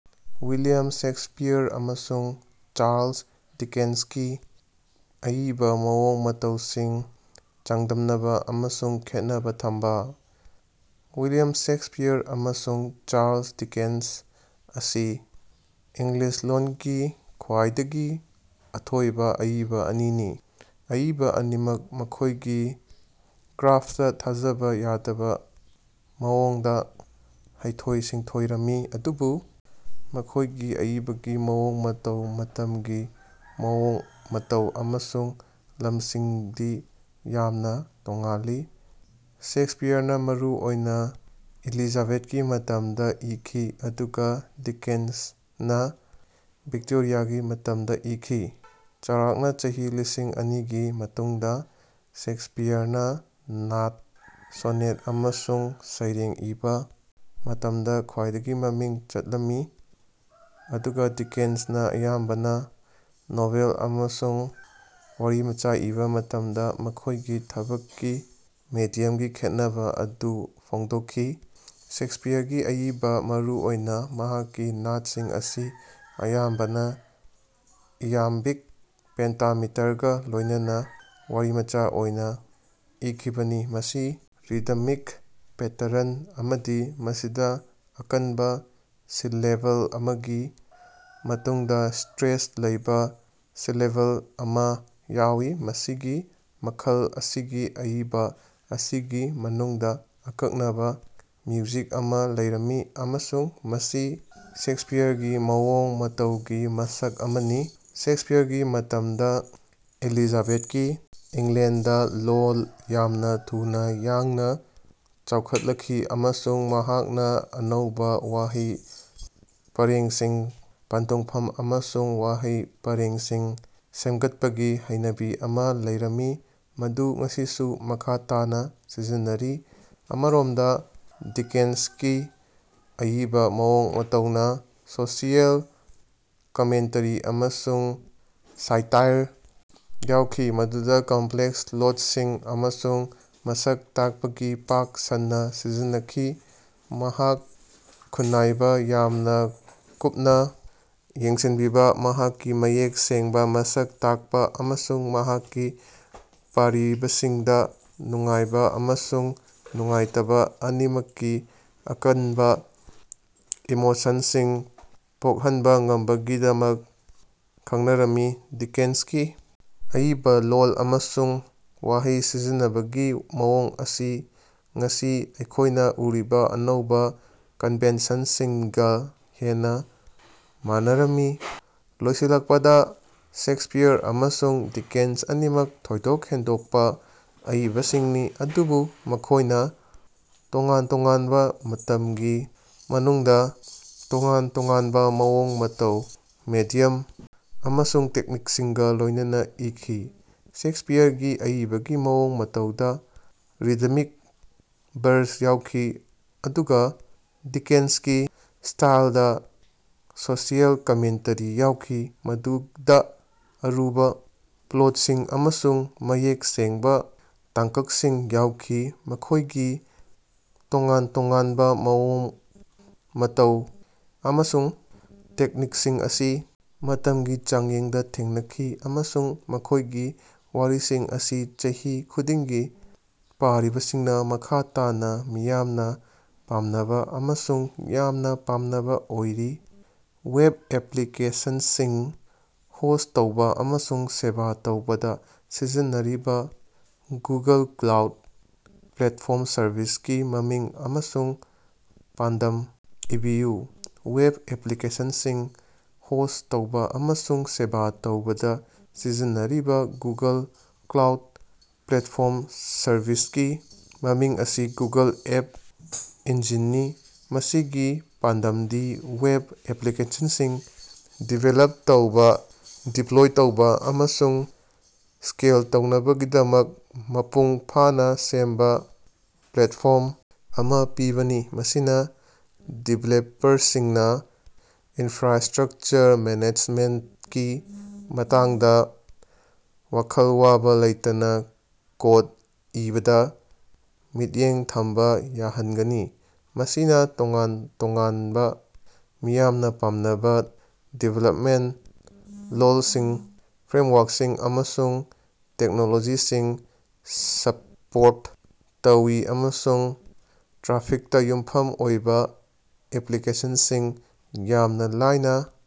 William Shakespeare ꯑꯃꯁꯨꯡ Charles ꯗꯤꯀꯦꯟꯁꯀꯤ ꯑꯏꯕ ꯃꯑꯣꯡ ꯃꯇꯧꯁꯤꯡ ꯆꯥꯡꯗꯝꯅꯕ ꯑꯃꯁꯨꯡ ꯈꯦꯠꯅꯕ ꯊꯝꯕ꯫ ꯋꯤꯂꯤꯌꯝ ꯁꯦꯛꯁꯄꯤꯌꯔ ꯑꯃꯁꯨꯡ ꯆꯥꯔꯂꯁ ꯗꯤꯀꯦꯟꯁ ꯑꯁꯤ ꯏꯪꯂꯤꯁ ꯂꯣꯟꯒꯤ ꯈ꯭ꯋꯥꯏꯗꯒꯤ ꯑꯊꯣꯏꯕ ꯑꯏꯕ ꯑꯅꯤꯅꯤ꯫ ꯑꯏꯕ ꯑꯅꯤꯃꯛ ꯃꯈꯣꯢꯒꯤ ꯀ꯭ꯔꯥꯐꯇ ꯊꯥꯖꯕ ꯌꯥꯗꯕ ꯃꯑꯣꯡꯗ ꯍꯩꯊꯣꯏ-ꯁꯤꯡꯊꯣꯏꯔꯝꯃꯤ ꯑꯗꯨꯕꯨ ꯃꯈꯣꯢꯒꯤ ꯑꯏꯕꯒꯤ ꯃꯑꯣꯡ ꯃꯇꯧ ꯃꯇꯝꯒꯤ ꯃꯑꯣꯡ ꯃꯇꯧ ꯑꯃꯁꯨꯡ ꯂꯝꯁꯤꯡꯗꯤ ꯌꯥꯝꯅ ꯇꯣꯉꯥꯜꯂꯤ꯫ ꯁꯦꯛꯁꯄꯤꯌꯔꯅ ꯃꯔꯨ ꯑꯣꯏꯅ ꯏꯂꯤꯖꯥꯕꯦꯊꯀꯤ ꯃꯇꯝꯗ ꯏꯈꯤ ꯑꯗꯨꯒ ꯗꯤꯀꯦꯟꯁꯅ ꯚꯤꯛꯇꯣꯔꯤꯌꯥꯒꯤ ꯃꯇꯝꯗ ꯏꯈꯤ ꯆꯥꯎꯔꯥꯛꯅ ꯆꯍꯤ ꯂꯤꯁꯤꯡ ꯑꯅꯤꯒꯤ ꯃꯇꯨꯡꯗ ꯁꯦꯛꯁꯄꯤꯌꯔꯅ ꯅꯥꯠ, ꯁꯣꯅꯦꯠ ꯑꯃꯁꯨꯡ ꯁꯩꯔꯦꯡ ꯏꯕ ꯃꯇꯝꯗ ꯈ꯭ꯋꯥꯏꯗꯒꯤ ꯃꯃꯤꯡ ꯆꯠꯂꯝꯃꯤ ꯑꯗꯨꯒ ꯗꯤꯀꯦꯟꯁꯅ ꯑꯌꯥꯝꯕꯅ ꯅꯣꯚꯦꯜ ꯑꯃꯁꯨꯡ ꯋꯥꯔꯤꯃꯆꯥ ꯏꯕ ꯃꯇꯝꯗ ꯃꯈꯣꯢꯒꯤ ꯊꯕꯛꯀꯤ ꯃꯦꯗꯤꯌꯝꯒꯤ ꯈꯦꯠꯅꯕ ꯑꯗꯨ ꯐꯣꯡꯗꯣꯛꯈꯤ꯫ ꯁꯦꯛꯁꯄꯤꯌꯔꯒꯤ ꯑꯏꯕ ꯃꯔꯨ ꯑꯣꯏꯅ ꯃꯍꯥꯛꯀꯤ ꯅꯥꯠꯁꯤꯡ ꯑꯁꯤ ꯑꯌꯥꯝꯕꯅ ꯏꯌꯥꯝꯕꯤꯛ ꯄꯦꯟꯇꯥꯃꯤꯇꯔꯒ ꯂꯣꯢꯅꯅꯥ ꯋꯥꯔꯤꯃꯆꯥ ꯑꯣꯏꯅ ꯏꯈꯤꯕꯅꯤ ꯃꯁꯤ ꯔꯤꯗꯃꯤꯛ ꯄꯦꯇꯔꯟ ꯑꯃꯅꯤ ꯃꯁꯤꯗ ꯑꯀꯟꯕ ꯁꯤꯂꯦꯕꯜ ꯑꯃꯒꯤ ꯃꯇꯨꯡꯗ ꯁꯇ꯭ꯔꯦꯁ ꯂꯩꯕꯥ ꯁꯤꯂꯦꯕꯜ ꯑꯃ ꯌꯥꯎꯏ꯫ ꯃꯁꯤꯒꯤ ꯃꯈꯜ ꯑꯁꯤꯒꯤ ꯑꯏꯕ ꯑꯁꯤꯒꯤ ꯃꯅꯨꯡꯗ ꯑꯀꯛꯅꯕ ꯃ꯭ꯌꯨꯖꯤꯛ ꯑꯃ ꯂꯩꯔꯝꯃꯤ ꯑꯃꯁꯨꯡ ꯃꯁꯤ ꯁꯦꯛꯁꯄꯤꯌꯔꯒꯤ ꯃꯑꯣꯡ ꯃꯇꯧꯒꯤ ꯃꯁꯛ ꯑꯃꯅꯤ꯫ ꯁꯦꯛꯁꯄꯤꯌꯔꯒꯤ ꯃꯇꯝꯗ ꯑꯦꯂꯤꯖꯥꯕꯦꯊꯀꯤ ꯏꯪꯂꯦꯟꯗꯗꯥ ꯂꯣꯜ ꯌꯥꯝꯅ ꯊꯨꯅ ꯌꯥꯡꯅ ꯆꯥꯎꯈꯠꯂꯛꯈꯤ ꯑꯃꯁꯨꯡ ꯃꯍꯥꯛꯅ ꯑꯅꯧꯕ ꯋꯥꯍꯩ ꯄꯔꯦꯡꯁꯤꯡ ꯄꯟꯊꯨꯡꯐꯝ ꯑꯃꯁꯨꯡ ꯋꯥꯍꯩ ꯄꯔꯦꯡꯁꯤꯡ ꯁꯦꯝꯒꯠꯄꯒꯤ ꯍꯩꯅꯕꯤ ꯑꯃ ꯂꯩꯔꯝꯃꯤ ꯃꯗꯨ ꯉꯁꯤꯁꯨ ꯃꯈꯥ ꯇꯥꯅꯥ ꯁꯤꯖꯤꯟꯅꯔꯤ꯫ ꯑꯃꯔꯣꯝꯗ ꯗꯤꯀꯦꯟꯁꯀꯤ ꯑꯏꯕ ꯃꯑꯣꯡ ꯃꯇꯧꯅ ꯁꯣꯁꯤꯑꯦꯜ ꯀꯃꯦꯟꯇꯔꯤ ꯑꯃꯁꯨꯡ ꯁꯥꯏꯇꯥꯏꯔ ꯌꯥꯎꯈꯤ ꯃꯗꯨꯗ ꯀꯝꯄ꯭ꯂꯦꯛꯁ ꯂꯣꯇꯁꯤꯡ ꯑꯃꯁꯨꯡ ꯃꯁꯛ ꯇꯥꯛꯄꯒꯤ ꯄꯥꯛ ꯁꯟꯅ ꯁꯤꯖꯤꯟꯅꯈꯤ꯫ ꯃꯍꯥꯛ ꯈꯨꯟꯅꯥꯏꯕ ꯌꯥꯝꯅ ꯀꯨꯞꯅ ꯌꯦꯡꯁꯤꯟꯕꯤꯕꯥ ꯃꯍꯥꯛꯀꯤ ꯃꯌꯦꯛ ꯁꯦꯡꯕ ꯃꯁꯛ ꯇꯥꯛꯄꯥ ꯑꯃꯁꯨꯡ ꯃꯍꯥꯛꯀꯤ ꯄꯥꯔꯤꯕꯁꯤꯡꯗ ꯅꯨꯡꯉꯥꯏꯕ ꯑꯃꯁꯨꯡ ꯅꯨꯡꯉꯥꯏꯇꯕ ꯑꯅꯤꯃꯛꯀꯤ ꯑꯀꯟꯕ ꯏꯃꯣꯁꯟꯁꯤꯡ ꯄꯣꯛꯍꯟꯕ ꯉꯝꯕꯒꯤꯗꯃꯛ ꯈꯡꯅꯔꯝꯃꯤ꯫ ꯗꯤꯀꯦꯟꯁꯀꯤ ꯑꯏꯕ ꯂꯣꯜ ꯑꯃꯁꯨꯡ ꯋꯥꯍꯩ ꯁꯤꯖꯤꯟꯅꯕꯒꯤ ꯃꯑꯣꯡ ꯑꯁꯤ ꯉꯁꯤ ꯑꯩꯈꯣꯢꯅ ꯎꯔꯤꯕꯥ ꯑꯅꯧꯕ ꯀꯟꯚꯦꯟꯁꯟꯁꯤꯡꯒ ꯍꯦꯟꯅ ꯃꯥꯟꯅꯔꯝꯃꯤ꯫ ꯂꯣꯏꯁꯤꯜꯂꯛꯄꯗ ꯁꯦꯛꯁꯄꯤꯌꯔ ꯑꯃꯁꯨꯡ ꯗꯤꯀꯦꯟꯁ ꯑꯅꯤꯃꯛ ꯊꯣꯏꯗꯣꯛ ꯍꯦꯟꯗꯣꯛꯄ ꯑꯏꯕꯁꯤꯡꯅꯤ ꯑꯗꯨꯕꯨ ꯃꯈꯣꯢꯅ ꯇꯣꯉꯥꯟ ꯇꯣꯉꯥꯟꯕ ꯃꯇꯝꯒꯤ ꯃꯅꯨꯡꯗ ꯇꯣꯉꯥꯟ ꯇꯣꯉꯥꯟꯕ ꯃꯑꯣꯡ ꯃꯇꯧ ꯃꯦꯗꯤꯌꯝ ꯑꯃꯁꯨꯡ ꯇꯦꯛꯅꯤꯛꯁꯤꯡꯒ ꯂꯣꯢꯅꯅꯥ ꯏꯈꯤ꯫ ꯁꯦꯛꯁꯄꯤꯌꯔꯒꯤ ꯑꯏꯕꯒꯤ ꯃꯑꯣꯡ ꯃꯇꯧꯗ ꯔꯤꯗꯃꯤꯛ ꯕꯔꯁ ꯌꯥꯎꯈꯤ ꯑꯗꯨꯒ ꯗꯤꯀꯦꯟꯁꯀꯤ ꯁ꯭ꯇꯥꯏꯜꯗ ꯁꯣꯁꯤꯑꯦꯜ ꯀꯃꯦꯟꯇꯔꯤ ꯌꯥꯎꯈꯤ ꯃꯗꯨꯗꯥ ꯑꯔꯨꯕ ꯄ꯭ꯂꯣꯠꯁꯤꯡ ꯑꯃꯁꯨꯡ ꯃꯌꯦꯛ ꯁꯦꯡꯕ ꯇꯥꯡꯀꯛꯁꯤꯡ ꯌꯥꯎꯈꯤ꯫ ꯃꯈꯣꯢꯒꯤ ꯇꯣꯉꯥꯟ ꯇꯣꯉꯥꯟꯕ ꯃꯑꯣꯡ ꯃꯇꯧ ꯑꯃꯁꯨꯡ ꯇꯦꯛꯅꯤꯛꯁꯤꯡ ꯑꯁꯤ ꯃꯇꯝꯒꯤ ꯆꯥꯡꯌꯦꯡꯗ ꯊꯦꯡꯅꯈꯤ ꯑꯃꯁꯨꯡ ꯃꯈꯣꯢꯒꯤ ꯋꯥꯔꯤꯁꯤꯡ ꯑꯁꯤ ꯆꯍꯤ ꯈꯨꯗꯤꯡꯒꯤ ꯄꯥꯔꯤꯕꯁꯤꯡꯅ ꯃꯈꯥ ꯇꯥꯅ ꯃꯤꯌꯥꯝꯅ ꯄꯥꯝꯅꯕ ꯑꯃꯁꯨꯡ ꯌꯥꯝꯅ ꯄꯥꯝꯅꯕ ꯑꯣꯏꯔꯤ꯫ ꯋꯦꯕ ꯑꯦꯄ꯭ꯂꯤꯀꯦꯁꯟꯁꯤꯡ ꯍꯣꯁ꯭ꯠ ꯇꯧꯕꯥ ꯑꯃꯁꯨꯡ ꯁꯦꯕꯥ ꯇꯧꯕꯗ ꯁꯤꯖꯤꯟꯅꯔꯤꯕ ꯒꯨꯒꯜ ꯀ꯭ꯂꯥꯎꯗ ꯄ꯭ꯂꯦꯠꯐꯣꯔꯝ ꯁꯔꯚꯤꯁꯀꯤ ꯃꯃꯤꯡ ꯑꯃꯁꯨꯡ ꯄꯥꯟꯗꯝ ꯏꯕꯤꯌꯨ꯫ ꯋꯦꯕ ꯑꯦꯄ꯭ꯂꯤꯀꯦꯁꯟꯁꯤꯡ ꯍꯣꯁ꯭ꯠ ꯇꯧꯕꯥ ꯑꯃꯁꯨꯡ ꯁꯦꯕꯥ ꯇꯧꯕꯗꯥ ꯁꯤꯖꯤꯟꯅꯔꯤꯕꯥ ꯒꯨꯒꯜ ꯀ꯭ꯂꯥꯎꯗ ꯄ꯭ꯂꯦꯠꯐꯣꯔꯝ ꯁꯔꯚꯤꯁꯀꯤ ꯃꯃꯤꯡ ꯑꯁꯤ ꯒꯨꯒꯜ ꯑꯦꯞ ꯏꯟꯖꯤꯟꯅꯤ꯫ ꯃꯁꯤꯒꯤ ꯄꯥꯟꯗꯝꯗꯤ ꯋꯦꯕ ꯑꯦꯄ꯭ꯂꯤꯀꯦꯁꯟꯁꯤꯡ ꯗꯤꯕꯦꯂꯞ ꯇꯧꯕ ꯗꯤꯄ꯭ꯂꯣꯏ ꯇꯧꯕ ꯑꯃꯁꯨꯡ ꯁ꯭ꯀꯦꯜ ꯇꯧꯅꯕꯒꯤꯗꯃꯛ ꯃꯄꯨꯡ ꯐꯥꯅ ꯁꯦꯝꯕ ꯄ꯭ꯂꯦꯠꯐꯣꯔꯝ ꯑꯃ ꯄꯤꯕꯅꯤ ꯃꯁꯤꯅ ꯗꯤꯕꯦꯂꯄꯔꯁꯤꯡꯅ ꯏꯟꯐ꯭ꯔꯥꯁ꯭ꯇꯔꯛꯆꯔ ꯃꯦꯅꯦꯖꯃꯦꯟꯇꯀꯤ ꯃꯇꯥꯡꯗ ꯋꯥꯈꯜ ꯋꯥꯕ ꯂꯩꯇꯅ ꯀꯣꯗ ꯏꯕꯗ ꯃꯤꯠꯌꯦꯡ ꯊꯝꯕ ꯌꯥꯍꯟꯒꯅꯤ꯫ ꯃꯁꯤꯅ ꯇꯣꯉꯥꯟ-ꯇꯣꯉꯥꯟꯕ ꯃꯤꯌꯥꯝꯅ ꯄꯥꯝꯅꯕ ꯗꯤꯚꯦꯂꯞꯃꯦꯟꯇ ꯂꯣꯜꯁꯤꯡ ꯐ꯭ꯔꯦꯝꯋꯥꯔꯀꯁꯤꯡ ꯑꯃꯁꯨꯡ ꯇꯦꯛꯅꯣꯂꯣꯖꯤꯁꯤꯡ ꯁꯞꯄꯣꯔꯠ ꯇꯧꯏ ꯑꯃꯁꯨꯡ ꯇ꯭ꯔꯥꯐꯤꯛꯇ ꯌꯨꯝꯐꯝ ꯑꯣꯏꯕ ꯑꯦꯄ꯭ꯂꯤꯀꯦꯁꯟꯁꯤꯡ ꯌꯥꯝꯅ ꯂꯥꯏꯅꯥ